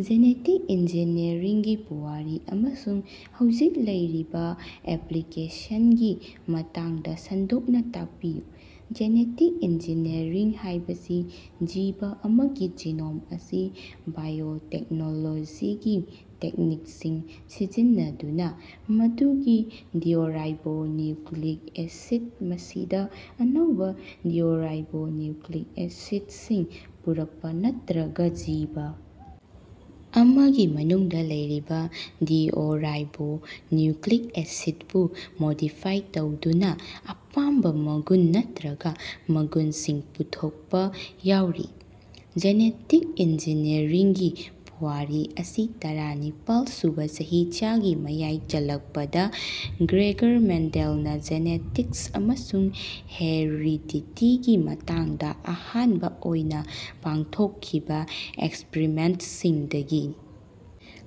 Genetic ꯏꯟꯖꯤꯅꯤꯌꯔꯤꯡꯒꯤ ꯄꯨꯋꯥꯔꯤ ꯑꯃꯁꯨꯡ ꯍꯧꯖꯤꯛ ꯂꯩꯔꯤꯕ ꯑꯦꯄ꯭ꯂꯤꯀꯦꯁꯟꯒꯤ ꯃꯇꯥꯡꯗ ꯁꯟꯗꯣꯛꯅ ꯇꯥꯛꯄꯤꯌꯨ꯫ ꯖꯦꯅꯦꯇꯤꯛ ꯏꯟꯖꯤꯅꯤꯌꯔꯤꯡ ꯍꯥꯏꯕꯁꯤ ꯖꯤꯕ ꯑꯃꯒꯤ ꯖꯤꯅꯣꯝ ꯑꯁꯤ ꯕꯥꯏꯑꯣꯇꯦꯛꯅꯣꯂꯣꯖꯤꯒꯤ ꯇꯦꯛꯅꯤꯛꯁꯤꯡ ꯁꯤꯖꯤꯟꯅꯗꯨꯅ ꯃꯗꯨꯒꯤ ꯗꯤꯑꯣꯔꯥꯏꯕꯣ ꯅ꯭ꯌꯨꯀ꯭ꯂꯤꯛ ꯑꯦꯁꯤꯗ ꯃꯁꯤꯗ ꯑꯅꯧꯕ ꯗꯤꯑꯣꯔꯥꯏꯕꯣ ꯅ꯭ꯌꯨꯀ꯭ꯂꯤꯛ ꯑꯦꯁꯤꯗ ꯁꯤꯡ ꯄꯨꯔꯛꯄ ꯅꯠꯇ꯭ꯔꯒ ꯖꯤꯕ ꯑꯃꯒꯤ ꯃꯅꯨꯡꯗ ꯂꯩꯔꯤꯕ ꯗꯤꯑꯣꯔꯥꯏꯕꯣ ꯅ꯭ꯌꯨꯀ꯭ꯂꯤꯛ ꯑꯦꯁꯤꯗꯕꯨ ꯃꯣꯗꯤꯐꯥꯏ ꯇꯧꯗꯨꯅ ꯑꯄꯥꯝꯕ ꯃꯒꯨꯟ ꯅꯠꯇ꯭ꯔꯒ ꯃꯒꯨꯟꯁꯤꯡ ꯄꯨꯊꯣꯛꯄ ꯌꯥꯎꯔꯤ꯫ ꯖꯦꯅꯦꯇꯤꯛ ꯏꯟꯖꯤꯅꯤꯌꯔꯤꯡꯒꯤ ꯄꯨꯋꯥꯔꯤ ꯑꯁꯤ ꯇꯔꯥꯅꯤꯄꯥꯜ ꯁꯨꯕ ꯆꯍꯤꯆꯥꯒꯤ ꯃꯌꯥꯏ ꯆꯜꯂꯛꯄꯗ ꯒ꯭ꯔꯦꯒꯔ ꯃꯦꯟꯗꯦꯜꯅ ꯖꯦꯅꯦꯇꯤꯛꯁ ꯑꯃꯁꯨꯡ ꯍꯦꯔꯤꯗꯤꯇꯤꯒꯤ ꯃꯇꯥꯡꯗ ꯑꯍꯥꯟꯕ ꯑꯣꯏꯅ ꯄꯥꯡꯊꯣꯛꯈꯤꯕ ꯑꯦꯛꯁꯄ꯭ꯔꯤꯃꯦꯟꯠꯁꯤꯡꯗꯒꯤ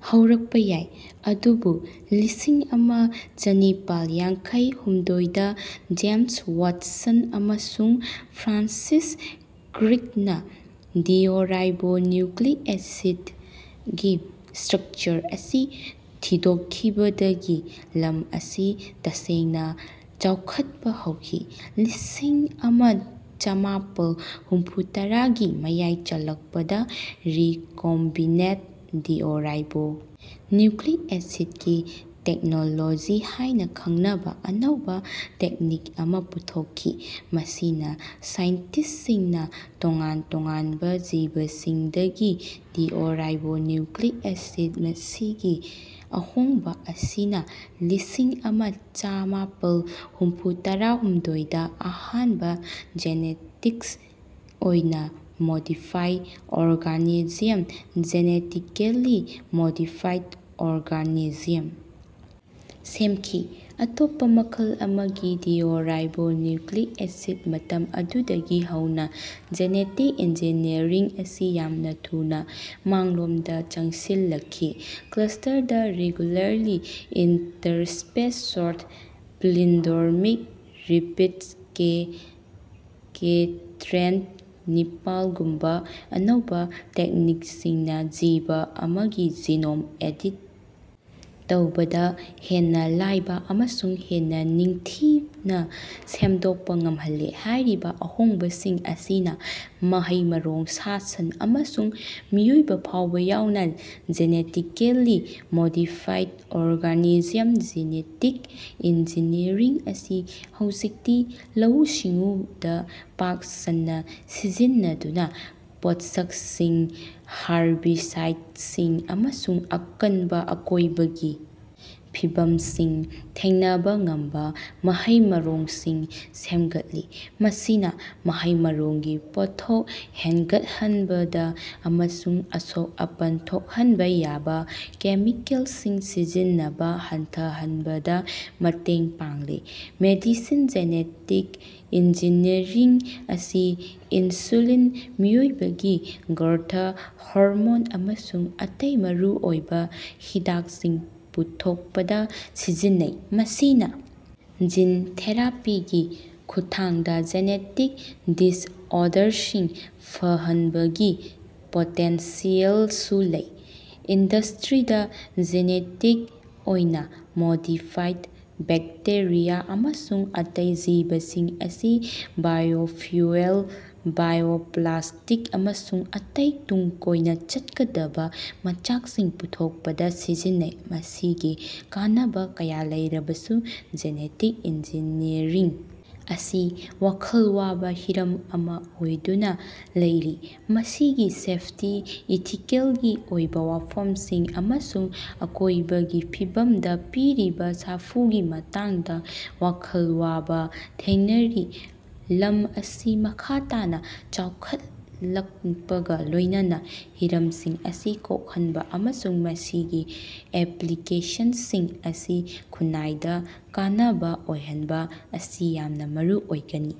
ꯍꯧꯔꯛꯄ ꯌꯥꯏ꯫ ꯑꯗꯨꯕꯨ ꯂꯤꯁꯤꯡꯑꯃ ꯆꯥꯅꯤꯄꯥꯜ ꯌꯥꯡꯈꯩ ꯍꯨꯝꯗꯣꯏ ꯗ ꯖꯦꯝꯁ ꯋꯥꯠꯁꯟ ꯑꯃꯁꯨꯡ ꯐ꯭ꯔꯥꯟꯁꯤꯁ ꯀ꯭ꯔꯤꯛꯅ ꯗꯤꯑꯣꯔꯥꯏꯕꯣ ꯅ꯭ꯌꯨꯀ꯭ꯂꯤꯛ ꯑꯦꯁꯤꯗ ꯒꯤ ꯁ꯭ꯇꯔꯛꯆꯔ ꯑꯁꯤ ꯊꯤꯗꯣꯛꯈꯤꯕꯗꯒꯤ ꯂꯝ ꯑꯁꯤ ꯇꯁꯦꯡꯅ ꯆꯥꯎꯈꯠꯄ ꯍꯧꯈꯤ꯫ ꯂꯤꯁꯤꯡꯑꯃ ꯆꯥꯃꯥꯄꯜ ꯍꯨꯝꯐꯨꯇꯔꯥ ꯒꯤ ꯃꯌꯥꯏ ꯆꯜꯂꯛꯄꯗ ꯔꯤꯀꯣꯝꯕꯤꯅꯦꯟꯠ ꯗꯤꯑꯣꯔꯥꯏꯕꯣ ꯅ꯭ꯌꯨꯀ꯭ꯂꯤꯛ ꯑꯦꯁꯤꯗ ꯒꯤ ꯇꯦꯛꯅꯣꯂꯣꯖꯤ ꯍꯥꯏꯅ ꯈꯪꯅꯕ ꯑꯅꯧꯕ ꯇꯦꯛꯅꯤꯛ ꯑꯃ ꯄꯨꯊꯣꯛꯈꯤ, ꯃꯁꯤꯅ ꯁꯥꯏꯟꯇꯤꯁꯁꯤꯡꯅ ꯇꯣꯉꯥꯟ ꯇꯣꯉꯥꯟꯕ ꯖꯤꯕꯁꯤꯡꯗꯒꯤ ꯗꯤꯑꯣꯔꯥꯏꯕꯣ ꯅ꯭ꯌꯨꯀ꯭ꯂꯤꯛ ꯑꯦꯁꯤꯗ ꯃꯁꯤꯒꯤ ꯑꯍꯣꯡꯕ ꯑꯁꯤꯅ ꯂꯤꯁꯤꯡꯑꯃ ꯆꯥꯃꯥꯄꯜ ꯍꯨꯝꯐꯨꯇꯔꯥꯍꯨꯝꯗꯣꯏ ꯗ ꯑꯍꯥꯟꯕ ꯖꯦꯅꯦꯇꯤꯛ ꯑꯣꯏꯅ modified organism (genetically modified organism) ꯁꯦꯝꯈꯤ ꯑꯇꯣꯞꯄ ꯃꯈꯜ ꯑꯃꯒꯤ ꯗꯤꯑꯣꯔꯥꯏꯕꯣ ꯅ꯭ꯌꯨꯀ꯭ꯂꯤꯛ ꯑꯦꯁꯤꯗ ꯃꯇꯝ ꯑꯗꯨꯗꯒꯤ ꯍꯧꯅ ꯖꯦꯅꯦꯇꯤꯛ ꯏꯟꯖꯤꯅꯤꯌꯔꯤꯡ ꯑꯁꯤ ꯌꯥꯝꯅ ꯊꯨꯅ ꯃꯥꯡꯂꯣꯝꯗ ꯆꯪꯁꯤꯜꯂꯛꯂꯤ, ꯀ꯭ꯂꯁꯇꯔꯗ regularly interspaced short palindromic repeats, ꯀꯦ- ꯁ꯭ꯇꯔꯦꯟ ꯅꯤꯄꯥꯜ ꯒꯨꯝꯕ ꯑꯅꯧꯕ ꯇꯦꯛꯅꯤꯛꯁꯤꯡꯅ ꯖꯤꯕ ꯑꯃꯒꯤ ꯖꯤꯅꯣꯝ ꯑꯦꯗꯤꯠ ꯇꯧꯕꯗ ꯍꯦꯟꯅ ꯂꯥꯏꯕ ꯑꯃꯁꯨꯡ ꯍꯦꯟꯅ ꯅꯤꯡꯊꯤꯅ ꯁꯦꯝꯗꯣꯛꯄ ꯉꯝꯍꯜꯂꯦ꯫ ꯍꯥꯏꯔꯤꯕ ꯑꯍꯣꯡꯕꯁꯤꯡ ꯑꯁꯤꯅ ꯃꯍꯩ-ꯃꯔꯣꯡ, ꯁꯥ-ꯁꯟ, ꯑꯃꯁꯨꯡ ꯃꯤꯑꯣꯏꯕ ꯐꯥꯎꯕ ꯌꯥꯎꯅ genetically modified organism genetic engineering ꯑꯁꯤ ꯍꯧꯖꯤꯛꯇꯤ ꯂꯧꯎ-ꯁꯤꯡꯎꯗ ꯄꯥꯛ ꯁꯟꯅ ꯁꯤꯖꯤꯟꯅꯗꯨꯅ ꯄꯣꯠꯁꯛꯁꯤꯡ, ꯍꯥꯔꯕꯤꯁꯥꯏꯗꯁꯤꯡ ꯑꯃꯁꯨꯡ ꯑꯀꯟꯕ ꯑꯀꯣꯏꯕꯒꯤ ꯐꯤꯕꯝꯁꯤꯡ ꯊꯦꯡꯅꯕ ꯉꯝꯕ ꯃꯍꯩ-ꯃꯔꯣꯡꯁꯤꯡ ꯁꯦꯝꯒꯠꯂꯤ꯫ ꯃꯁꯤꯅ ꯃꯍꯩ-ꯃꯔꯣꯡꯒꯤ ꯄꯣꯠꯊꯣꯛ ꯍꯦꯟꯒꯠꯍꯟꯕꯗ ꯑꯃꯁꯨꯡ ꯑꯁꯣꯛ-ꯑꯄꯟ ꯊꯣꯛꯍꯟꯕ ꯌꯥꯕ ꯀꯦꯃꯤꯀꯦꯜꯁꯤꯡ ꯁꯤꯖꯤꯟꯅꯕ ꯍꯟꯊꯍꯟꯕꯗ ꯃꯇꯦꯡ ꯄꯥꯡꯂꯦ꯫ ꯃꯦꯗꯤꯁꯤꯟ ꯖꯦꯅꯦꯇꯤꯛ ꯏꯟꯖꯤꯅꯤꯌꯔꯤꯡ ꯑꯁꯤ ꯏꯟꯁꯨꯂꯤꯟ, ꯃꯤꯑꯣꯏꯕꯒꯤ ꯒ꯭ꯔꯣꯊ ꯍꯣꯔꯃꯣꯟ ꯑꯃꯁꯨꯡ ꯑꯇꯩ ꯃꯔꯨꯑꯣꯏꯕ ꯍꯤꯗꯥꯛꯁꯤꯡ ꯄꯨꯊꯣꯛꯄꯗ ꯁꯤꯖꯤꯟꯅꯩ꯫ ꯃꯁꯤꯅ ꯖꯤꯟ ꯊꯦꯔꯥꯄꯤꯒꯤ ꯈꯨꯠꯊꯥꯡꯗ ꯖꯦꯅꯦꯇꯤꯛ ꯗꯤꯁꯑꯣꯔꯗꯔꯁꯤꯡ ꯐꯍꯟꯕꯒꯤ ꯄꯣꯇꯦꯟꯁꯤꯌꯦꯜꯁꯨ ꯂꯩ꯫ ꯏꯟꯗꯁꯇ꯭ꯔꯤꯗ, ꯖꯤꯅꯦꯇꯤꯛ ꯑꯣꯏꯅ ꯃꯣꯗꯤꯐꯥꯏꯗ ꯕꯦꯛꯇꯦꯔꯤꯌꯥ ꯑꯃꯁꯨꯡ ꯑꯇꯩ ꯖꯤꯕꯁꯤꯡ ꯑꯁꯤ ꯕꯥꯏꯑꯣꯐ꯭ꯌꯨꯑꯦꯜ, ꯕꯥꯏꯑꯣꯄ꯭ꯂꯥꯁꯇꯤꯛ, ꯑꯃꯁꯨꯡ ꯑꯇꯩ ꯇꯨꯡ ꯀꯣꯏꯅ ꯆꯠꯀꯗꯕ ꯃꯆꯥꯛꯁꯤꯡ ꯄꯨꯊꯣꯛꯄꯗ ꯁꯤꯖꯤꯟꯅꯩ꯫ ꯃꯁꯤꯒꯤ ꯀꯥꯟꯅꯕ ꯀꯌꯥ ꯂꯩꯔꯕꯁꯨ, ꯖꯦꯅꯦꯇꯤꯛ ꯏꯟꯖꯤꯅꯤꯌꯔꯤꯡ ꯑꯁꯤ ꯋꯥꯈꯜ ꯋꯥꯕ ꯍꯤꯔꯝ ꯑꯃ ꯑꯣꯏꯗꯨꯅ ꯂꯩꯔꯤ, ꯃꯁꯤꯒꯤ ꯁꯦꯐꯇꯤ, ꯏꯊꯤꯀꯦꯜꯒꯤ ꯑꯣꯏꯕ ꯋꯥꯐꯝꯁꯤꯡ ꯑꯃꯁꯨꯡ ꯑꯀꯣꯏꯕꯒꯤ ꯐꯤꯕꯝꯗ ꯄꯤꯔꯤꯕ ꯁꯥꯐꯨꯒꯤ ꯃꯇꯥꯡꯗ ꯋꯥꯈꯜ ꯋꯥꯕ ꯊꯦꯡꯅꯔꯤ꯫ ꯂꯝ ꯑꯁꯤ ꯃꯈꯥ ꯇꯥꯅ ꯆꯥꯎꯈꯠꯂꯛꯄꯒ ꯂꯣꯏꯅꯅ ꯍꯤꯔꯝꯁꯤꯡ ꯑꯁꯤ ꯀꯣꯛꯍꯟꯕ ꯑꯃꯁꯨꯡ ꯃꯁꯤꯒꯤ ꯑꯦꯄ꯭ꯂꯤꯀꯦꯁꯟꯁꯤꯡ ꯑꯁꯤ ꯈꯨꯟꯅꯥꯏꯗ ꯀꯥꯟꯅꯕ ꯑꯣꯏꯍꯟꯕ ꯑꯁꯤ ꯌꯥꯝꯅ ꯃꯔꯨ ꯑꯣꯏꯒꯅꯤ꯫